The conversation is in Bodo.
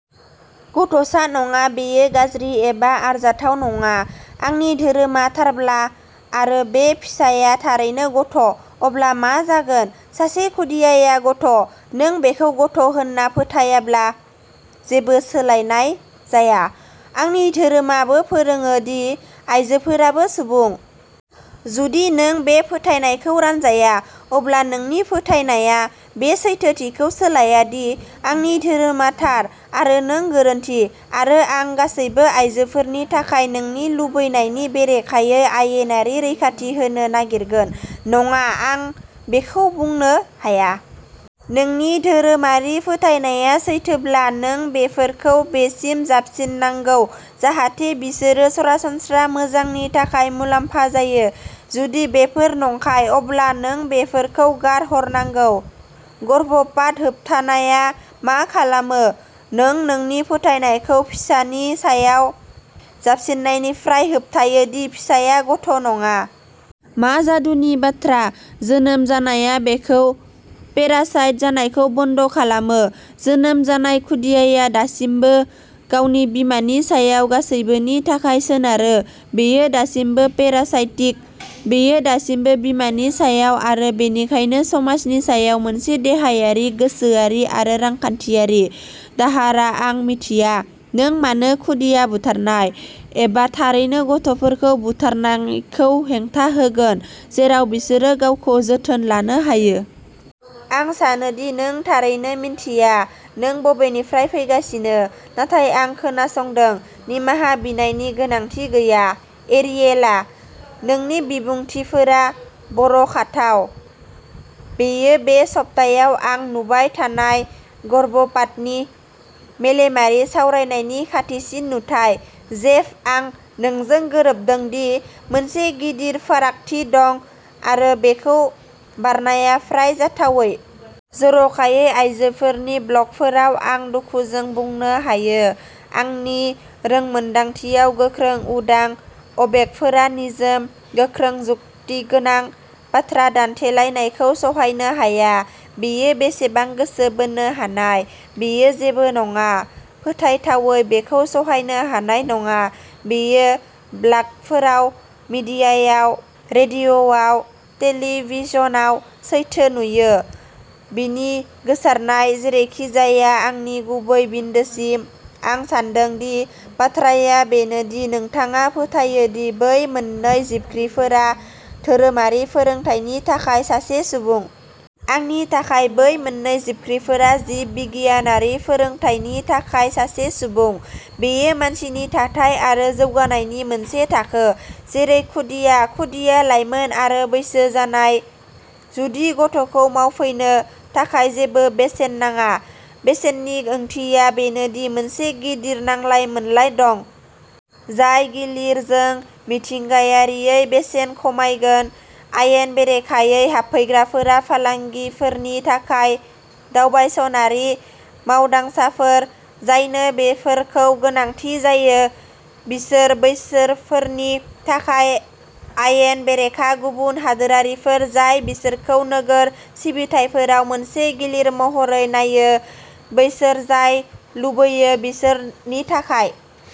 गथ'सा नङा बेयो गाज्रि एबा आरजाथाव नङा। आंनि धोरोमा थारब्ला आरो बे फिसाया थारैनो गथ' अब्ला मा जागोन? सासे खुदियाया गथ'। नों बेखौ गथ' होनना फोथायाब्ला जेबो सोलायनाय जाया। आंनि धोरोमा बो फोरोङो दि आयजोफोराबो सुबुं। जुदि नों बे फोथायनायखौ रानजाया, अब्ला नोंनि फोथायनाया बे सैथोथिखौ सोलाया दि आंनि धोरोमा थार आरो नों गोरोन्थि आरो आं गासैबो आयजोफोरनि थाखाय नोंनि लुबैनायनि बेरेखायै आयेनारि रैखाथि होनो नागिरगोन। नङा आं बेखौ बुंनो हाया। नोंनि धोरोमारि फोथायनाया सैथोब्ला, नों बेफोरखौ बेसिम जाबसिननांगौ जाहाथे बिसोरो सरासनस्रा मोजांनि थाखाय मुलाम्फा जायो। जुदि बेफोर नंखाय, अब्ला नों बेफोरखौ गारहरनांगौ। गर्भपात होबथानाया मा खालामो? नों नोंनि फोथायनायखौ फिसानि सायाव जाबसिननायनिफ्राय होबथायो दि फिसाया गथ' नङा। मा जादुनि बाथ्रा, जोनोम जानाया बेखौ पेरासाइट जानायखौ बन्द खालामो। जोनोम जानाय खुदियाया दासिमबो गावनि बिमानि सायाव गासैबोनि थाखाय सोनारो। बेयो दासिमबो पेरासाइटिक। बेयो दासिमबो बिमानि सायाव आरो बेनिखायनो समाजनि सायाव मोनसे देहायारि, गोसोआरि आरो रांखान्थियारि दाहारा आं मिथिया नों मानो खुदिया बुथारनाय एबा थारैनो गथ'फोरखौ बुथारनायखौ हेंथा होगोन। जेराव बिसोरो गावखौ जोथोन लानो हायो। आं सानो दि नों थारैनो मिन्थिया नों बबेनिफ्राय फैगासिनो। नाथाय आं खोनासंदों निमाहा बिनायनि गोनांथि गैया। एरियेला, नोंनि बिबुंथिफोरा बर'खाथाव। बेयो बे सप्तायाव आं नुबाय थानाय गर्भपातनि मेलेमारि सावरायनायनि खाथिसिन नुथाय। जेफ, आं नोंजों गोरोबदों दि मोनसे गिदिर फारागथि दं आरो बेखौ बारनाया फ्राय जाथावै। जर'खायै आयजोफोरनि ब्लगफोराव आं दुखुजों बुंनो हायो। आंनि रोंमोन्दांथियाव गोख्रों उदां अबेगफोरा निजोम, गोख्रों जुक्तिगोनां बाथ्रा दान्थेलायनायखौ सहायनो हाया। बेयो बेसेबां गोसो बोनो हानाय बेयो जेबो नङा। फोथायथावै, बेखौ सहायनो हानाय नङा। बेयो ब्लागफोराव, मिडियायाव, रेडिय'आव, टेलीविजनआव सैथो नुयो। बेनि गोसारनाय जेरैखिजाया आंनि गुबै बिन्दोसिम, आं सान्दों दि बाथ्राया बेनो दि नोंथाङा फोथायो दि बै मोननै जिबख्रिफोरा धोरोमारि फोरोंथायनि थाखाय सासे सुबुं। आंनि थाखाय बै मोननै जिबख्रिफोरा जिब बिगियानारि फोरोंथायनि थाखाय सासे सुबुं। बेयो मानसिनि थाथाय आरो जौगानायनि मोनसे थाखो, जेरै खुदिया, खुदिया लायमोन आरो बैसो जानाय। जुदि गथ'खौ मावफैनो थाखाय जेबो बेसेन नाङा, बेसेननि ओंथिया बेनो दि मोनसे गिदिर नांलाय मोनलाय दं। जाय गिलिर जों मिथिंगायारियै बेसेन खमायगोन। आयेन बेरेखायै हाबफैग्राफोरा फालांगिफोरनि थाखाय दावबायसनारि मावदांसाफोर, जायनो बेफोरखौ गोनांथि जायो। बिसोर बैसोरफोरनि थाखाय आयेन बेरेखा गुबुन हादोरारिफोर, जाय बिसोरखौ नोगोर सिबिथाइफोराव मोनसे गिलिर महरै नायो। बैसोर जाय लुबैयो बिसोरनि थाखाय।